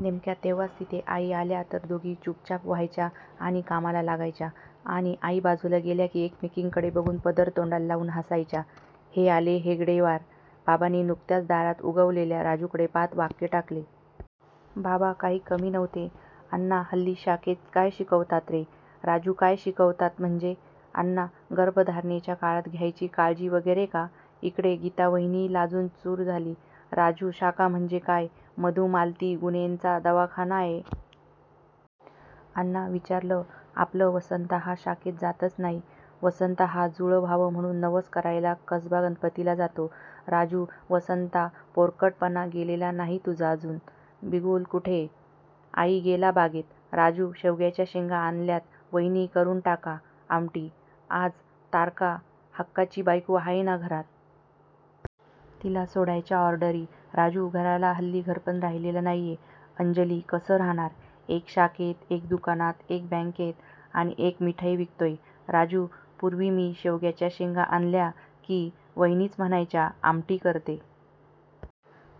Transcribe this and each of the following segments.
नेमक्या तेव्हाच तिथे आई आल्या तर दोघी चूपचाप व्हायच्या आणि कामाला लागायच्या आणि आई बाजूला गेल्या की एकमेकींकडे बघून पदर तोंडाला लावून हासायच्या. हे आले. हेगडेवार बाबांनी नुकत्याच दारात उगवलेल्या राजूकडे पाहात वाक्य टाकले. बाबा काही कमी नव्हते. अण्णा हल्ली शाखेत काय शिकवतात रे? राजू काय शिकवतात म्हणजे? अण्णा गर्भधारणेच्या काळात घ्यायची काळजी वगैरे का? इकडे गीतावहिनी लाजून चूर झाली. राजू शाखा म्हणजे काय मधुमालती गुणेंचा दवाखानाय?? अण्णा विचारलं आपलं वसंता हा शाखेत जातच नाही. वसंता हा जुळं व्हावं म्हणून नवस करायला कसबा गणपतीला जातो. राजू वसंता पोरकटपणा गेलेला नाही तुझा अजून बिगुल कुठेय? आई गेला बागेत. राजू शेवग्याच्या शेंगा आणल्यात वहिनी करून टाका आमटी आज तारका हक्काची बायको आहे ना घरात? तिला सोडायच्या ऑर्डरी राजू घराला हल्ली घरपण राहिलेलं नाहीये. अंजली कसं राहणार? एक शाखेत, एक दुकानात, एक बॅन्केत अन एक मिठाई विकतोय. राजू पुर्वी मी शेवग्याच्या शेंगा आणल्या की वहिनीच म्हणायच्या आमटी करते.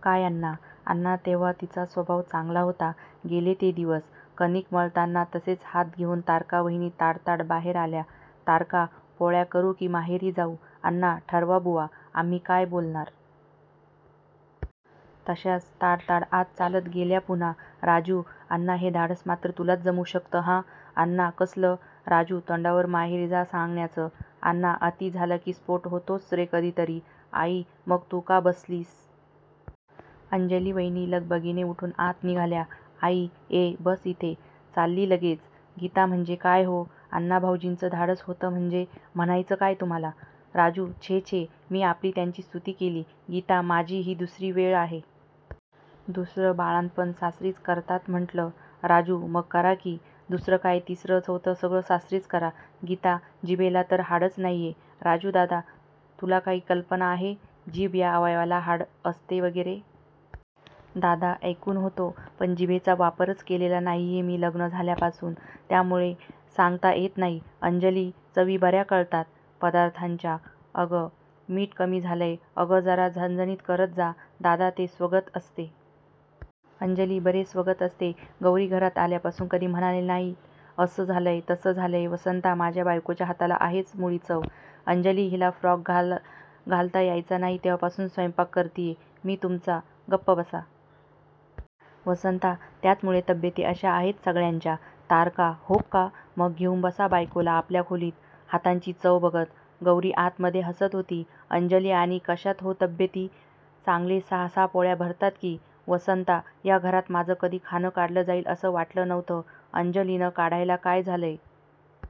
काय अण्णा? अण्णा तेव्हा तिचा स्वभाव चांगला होता. गेले ते दिवस. कणीक मळताना तसेच हात घेऊन तारका वहिनी ताडताड बाहेर आल्या. तारका पोळ्या करू की माहेरी जाऊ? अण्णा ठरवा बुवा. आम्ही काय बोलणार? तशाच ताडताड आत चालत गेल्या पुन्हा! राजू अण्णा. हे धाडस मात्र तुलाच जमू शकतं हां? अण्णा कसलं? राजू तोंडावर माहेरी जा सांगण्याचं. अण्णा अती झालं की स्फोट होतोच रे कधीतरी. आई मग तू का बसलीयस? अंजली वहिनी लगबगीने उठून आत निघाल्या. आई ए. बस इथे. चालली लगेच. गीता म्हणजे काय हो?अण्णाभावजींचं धाडस होतं म्हणजे म्हणायचंय काय तुम्हाला? राजू छे छे. मी आपली त्याची स्तुती केली. गीता माझी ही दुसरी वेळ आहे. दुसरं बाळंतपण सासरीच करतात म्हंटलं. राजू मग करा की, दुसरं काय, तिसरं, चौथं सगळं सासरीच करा. गीता जिभेला तर हाडच नाहीये. राजू दादा? तुला काही कल्पना आहे? जीभ या अवयवाला हाड असते वगैरे? दादा ऐकून होतो. पण जीभेचा वापरच केलेला नाहीये मी लग्न झाल्यापासून. त्यामुळे सांगता येत नाही. अंजली चवी बर्या कळतात पदार्थांच्या अगं. मीठ कमी झालंय. अगं. जरा झणझणीत करत जा. दादा ते स्वगत असते. अंजली बरे स्वगत असते. गौरी घरात आल्यापासून कधी म्हणाले नाहीत. असं झालंय तसं झालंय. वसंता माझ्या बायकोच्या हाताला आहेच मुळी चव. अंजली हिला फ्रॉक घालता यायचा नाही तेव्हापासून स्वयंपाक करतीय मी तुमचा गप्प बसा. वसंता त्याचमुळे तब्येती अशा आहेत सगळ्यांच्या. तारका हो क्का? मग घेऊन बसा बायकोला आपल्या खोलीत हातांची चव बघत. गौरी आतमध्ये हसत होती. अंजली आणि कशायत हो तब्येती? चांगले सहा सहा पोळ्या भरताय की वसंता या घरात माझं कधी खाणं काढलं जाईल असं वाटलं नव्हतं. अंजली न काढायला काय झालंय.